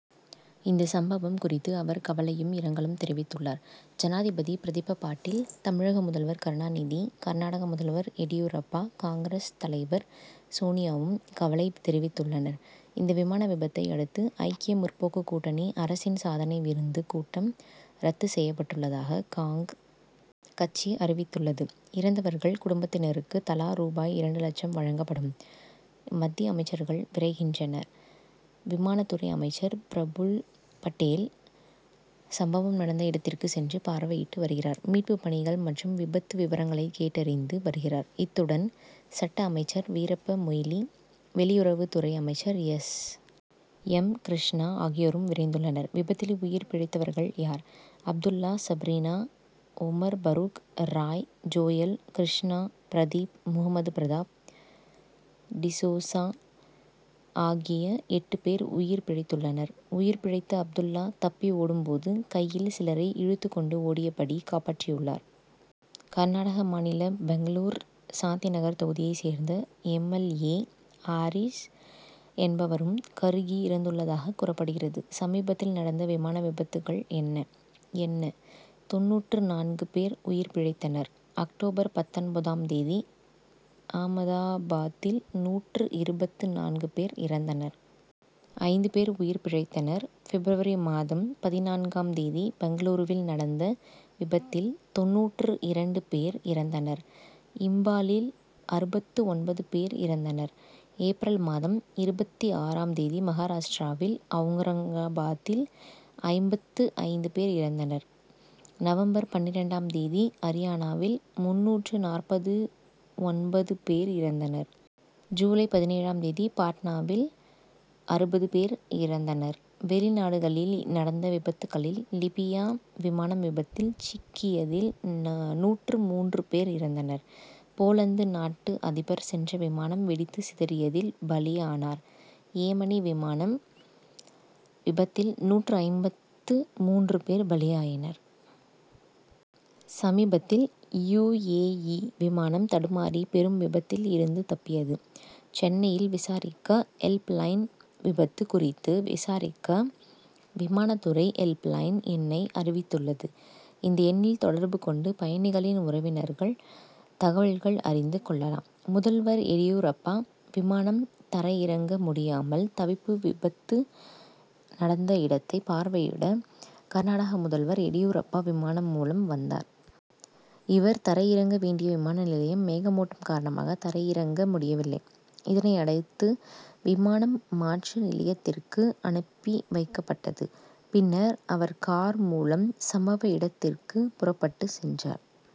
இந்த சம்பவம் குறித்து அவர் கவலையும் இரங்கலும் தெரிவித்துள்ளார். ஜனாதிபதி பிரதீபா பாட்டில் தமிழக முதல்வர் கருணாநிதி கர்நாடக முதல்வர் எடியூரப்பா காங். தலைவர் சோனியாவும் கவலை தெரிவித்துள்ளனர். இந்த விமான விபத்தை அடுத்து ஐக்கிய முற்போக்கு கூட்டணி அரசின் சாதனை விருந்து கூட்டம் ரத்து செய்யப்பட்டுள்ளதாக காங். கட்சி அறிவித்துள்ளது. இறந்தவர்கள் குடும்பத்தினருக்கு தலா ரூபாய் இரண்டு லட்சம் வழங்கப்படும். மத்திய அமைச்சர்கள் விரைகின்றனர். விமான துறை அமைச்சர் பிரபுல் பட்டேல் சம்பவம் நடந்த இடத்திற்கு சென்று பார்வையிட்டு வருகிறார். மீட்பு பணிகள் மற்றும் விபத்து விவரங்களை கேட்டறிந்து வருகிறார். இத்துடன் சட்ட அமைச்சர் வீரப்ப மொய்லி வெளியுறவுத்துறை அமைச்சர் எஸ். எம். கிருஷ்ணா ஆகியோரும் விரைந்துள்ளனர். விபத்தில் உயிர் பிழைத்தவர்கள் யார்? அப்துல்லா சப்ரீனா ஒமர் பரூக் ராய் ஜோயல் கிருஷ்ணா பிரதீப் முகமது பிரதாப் டிசோசா ஆகிய எட்டு பேர் உயிர் பிழைத்துள்ளனர். உயிர் பிழைத்த அப்துல்லா தப்பி ஓடும்போது கையில் சிலரை இழுத்துக்கொண்டு ஓடியபடி காப்பாற்றியுள்ளார். கர்நாடக மாநில பெங்களூர் சாந்திநகர் தொகுதியை சேர்ந்த எம். எல். ஏ. ஹாரிஸ் என்பவரும் கருகி இறந்துள்ளதாக கூறப்படுகிறது. சமீபத்தில் நடந்த விமான விபத்துகள் என்ன? என்ன? தொண்ணூற்று நான்கு பேர் உயிர் பிழைத்தனர். அக்டோபர் பத்தொன்பதாம் தேதி ஆமதாபாத்தில் நூற்று இருபத்து நான்கு பேர் இறந்தனர். ஐந்து பேர் உயிர் பிழைத்தனர். பிப்ரவரி மாதம் பதினான்காம் தேதி பெங்களூருவில் நடந்த விபத்தில் தொண்ணூற்று இரண்டு பேர் இறந்தனர். இம்பாலில் அறுபத்து ஒன்பது பேர் இறந்தனர். ஏப்ரல் மாதம் இருபத்தி ஆறாம் தேதி மகாராஷ்டிராவில் அவுரங்காபாத்தில் ஐம்பத்து ஐந்து பேர் இறந்தனர். நவம்பர் பன்னிரண்டாம் தேதி அரியானாவில் முன்னூற்று நாற்பத்து ஒன்பது பேர் இறந்தனர். ஜூலை பதினேழாம் தேதி பாட்னாவில் அறுபது பேர் இறந்தனர். வெளிநாடுகளில் நடந்த விபத்துகளில் லிபியா விமானம் விபத்தில் சிக்கியதில் நூற்று மூன்று பேர் இறந்தனர். போலந்து நாட்டு அதிபர் சென்ற விமானம் வெடித்து சிதறியதில் பலியானார். ஏமனி விமானம் விபத்தில் நூற்று ஐம்பத்து மூன்று பேர் பலியாயினர். சமீபத்தில் யு. ஏ. இ. விமானம் தடுமாறி பெரும் விபத்தில் இருந்து தப்பியது. சென்னையில் விசாரிக்க ஹெல்ப் லைன் விபத்து குறித்து விசாரிக்க விமான துறை ஹெல்ப்லைன் எண்ணை அறிவித்துள்ளது. இந்த எண்ணில் தொடர்பு கொண்டு பயணிகளின் உறவினர்கள் தகவல்கள் அறிந்து கொள்ளலாம். முதல்வர் எடியூரப்பா விமானம் தரையிறங்க முடியாமல் தவிப்பு விபத்து நடந்த இடத்தை பார்வையிட கர்நாடக முதல்வர் எடியூரப்பா விமானம் மூலம் வந்தார். இவர் தரை இறங்க வேண்டிய விமான நிலையம் மேகமூட்டம் காரணமாக தரையிறங்க முடியவில்லை. இதனையடுத்து விமானம் மாற்று நிலையத்திற்கு அனுப்பி வைக்கப்பட்டது. பின்னர் அவர் கார் மூலம் சம்பவ இடத்திற்கு புறப்பட்டு சென்றார்.